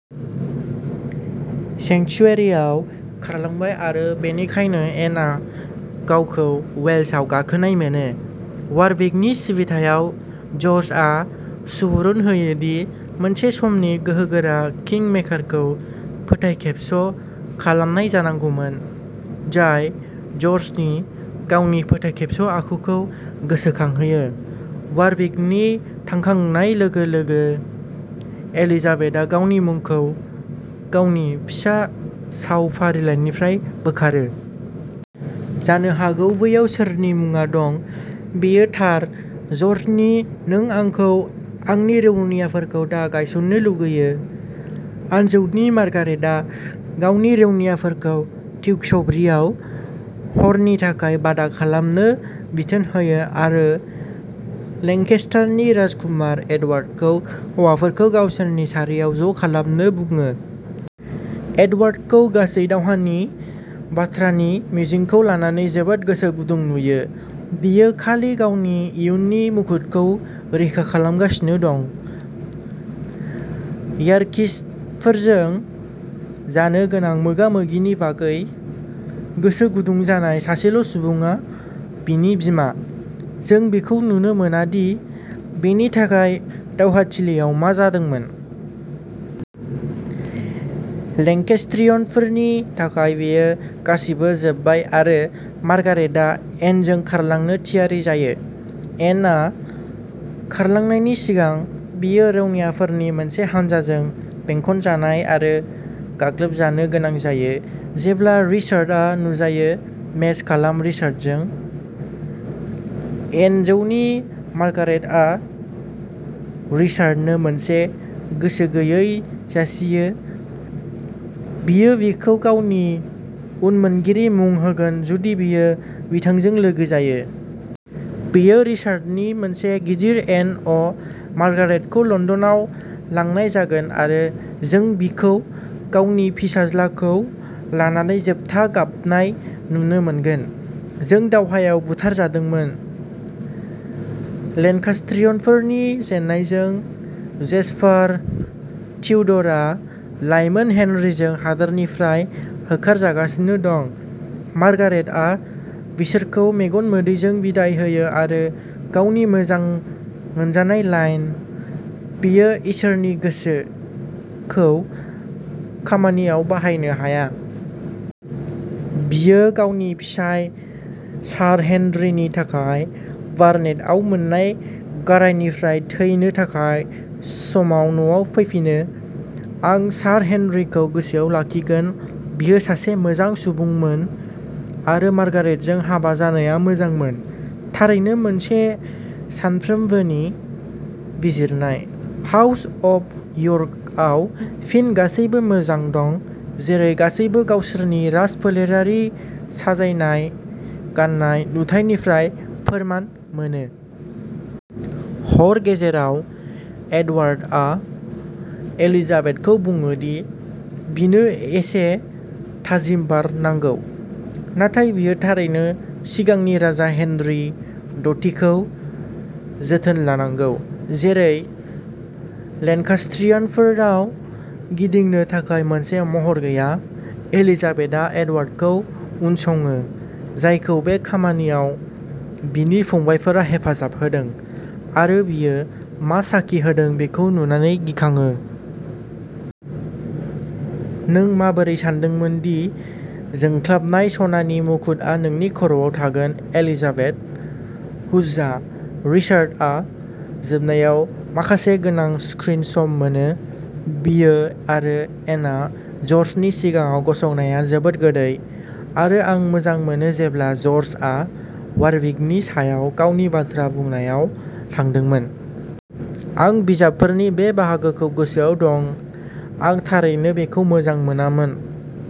सेंक्सुयेरियाव खारलांबाय आरो बेनिखायनो एनआ गावखौ वेल्सआव गाखोनाय मोनो। वारविकनि सिबिथायाव, जर्जआ सुबुरुन होयो दि मोनसे समनि गोहोगोरा किंमेकारखौ फोथायखेबस' खालामनाय जानांगौमोन, जाय जर्जनि गावनि फोथायखेबस' आखुखौ गोसोखांहोयो। वारविकनि थांखांनाय लोगो-लोगो एलिजाबेथआ गावनि मुंखौ गावनि फिसा साव फारिलाइनिफ्राय बोखारो। जानो हागौ बैयाव सोरनि मुङा दं? बेयो थार-जर्जनि नों आंखौ आंनि रौनियाफोरखौ दा गायसननो लुगैयो? आनजौनि मार्गारेटआ गावनि रौनियाफोरखौ टिउक्सबरीआव हरनि थाखाय बादा खालामनो बिथोन होयो आरो लेंकेस्टारनि राजकुमार एडवार्डखौ हौवाफोरखौ गावसोरनि सारियाव ज' खालामनो बुङो। एडवार्डखौ गासै दावहानि बाथ्रानि मिजिंखौ लानानै जोबोद गोसो गुदुं नुयो; बियो खालि गावनि इयुननि मुकुटखौ रैखा खालामगासिनो दं। यार्किस्टफोरजों जानो गोनां मोगा-मोगिनि बागै गोसो गुदुं जानाय सासेल' सुबुङा बिनि बिमा। जों बेखौ नुनो मोना दि बेनि थाखाय दावहाथिलियाव मा जादोंमोन। लेंकेस्ट्रियनफोरनि थाखाय बेयो गासिबो जोबबाय आरो मार्गारेटआ एनजों खारलांनो थियारि जायो। एनआ खारलांनायनि सिगां, बियो रौनियाफोरनि मोनसे हानजाजों बेंखनजानाय आरो गाग्लोबजानो गोनां जायो। जेब्ला रिचार्डआ नुजायो मेस खालाम रिचार्डजों। एनजौनि मार्गारेटआ रिचार्डनो मोनसे गोसो गैयै जासियो, बियो बिखौ गावनि उनमोनगिरि मुं होगोन जुदि बियो बिथांजों लोगो जायो। बेयो रिचार्डनि मोनसे गिदिर एन अ'। मार्गारेटखौ लन्दनाव लांनाय जागोन आरो जों बिखौ गावनि फिसाज्लाखौ लानानै जोबथा गाबनाय नुनो मोनगोन, जों दावहायाव बुथारजादोंमोन। लेन्कास्ट्रियानफोरनि जेननायजों, जेस्पार ट्यूडरआ लाइमोन हेनरीजों हादोरनिफ्राय होखारहरजागासिनो दं। मार्गारेट आ बिसोरखौ मेगन मोदैजों बिदाय होयो आरो गावनि मोजां मोनजानाय लाइन, "बेयो इसोरनि गोसो" खौ खामानियाव बाहायनो हाया। बियो गावनि फिसाय, सार हेनरीनि थाखाय बार्नेटआव मोन्नाय गारायनिफ्राय थैनो थाखाय समाव न'आव फैफिनो। आं सार हेनरीखौ गोसोआव लाखिगोन; बियो सासे मोजां सुबुंमोन, आरो मार्गारेटजों हाबा जानाया मोजांमोन। थारैनो मोनसे सानफ्रोमबोनि बिजिरनाय। हाउस अफ यर्कआव फिन गासैबो मोजां दं, जेरै गासैबो गावसोरनि राजफोलेरारि साजायनाय गाननाय नुथाइनिफ्राय फोरमान मोनो। हर गेजेराव, एडवार्डआ एलिजाबेथखौ बुङो दि बिनो एसे थाजिम बार नांगौ, नाथाय बियो थारैनो सिगांनि राजा हेनरी दथिखौ जोथोन लानांगौ, जेरै लेन्कास्ट्रियानफोरनाव गिदिंनो थाखाय मोनसे महर गैया। एलिजाबेथआ एडवार्डखौ उनसङो, जायखौ बे खामानियाव बिनि फंबायफोरा हेफाजाब होदों, आरो बियो मा साखि होदों बेखौ नुनानै गिखाङो। नों माबोरै सानदोंमोन दि जोंख्लाबनाय, सनानि मुकुतआ नोंनि खर'आव थागोन, एलिजाबेथ? हुज्जा! रिचार्डआ जोबनायाव माखासे गोनां स्क्रिन सम मोनो! बियो आरो एनआ ज'र्जनि सिगाङाव गसंनाया जोबोद गोदै, आरो आं मोजां मोनो जेब्ला जर्जआ वारविकनि सायाव गावनि बाथ्रा बुंनायाव थांदोंमोन। आं बिजाबफोरनि बे बाहागोखौ गोसोआव दं आं थारैनो बेखौ मोजां मोनामोन।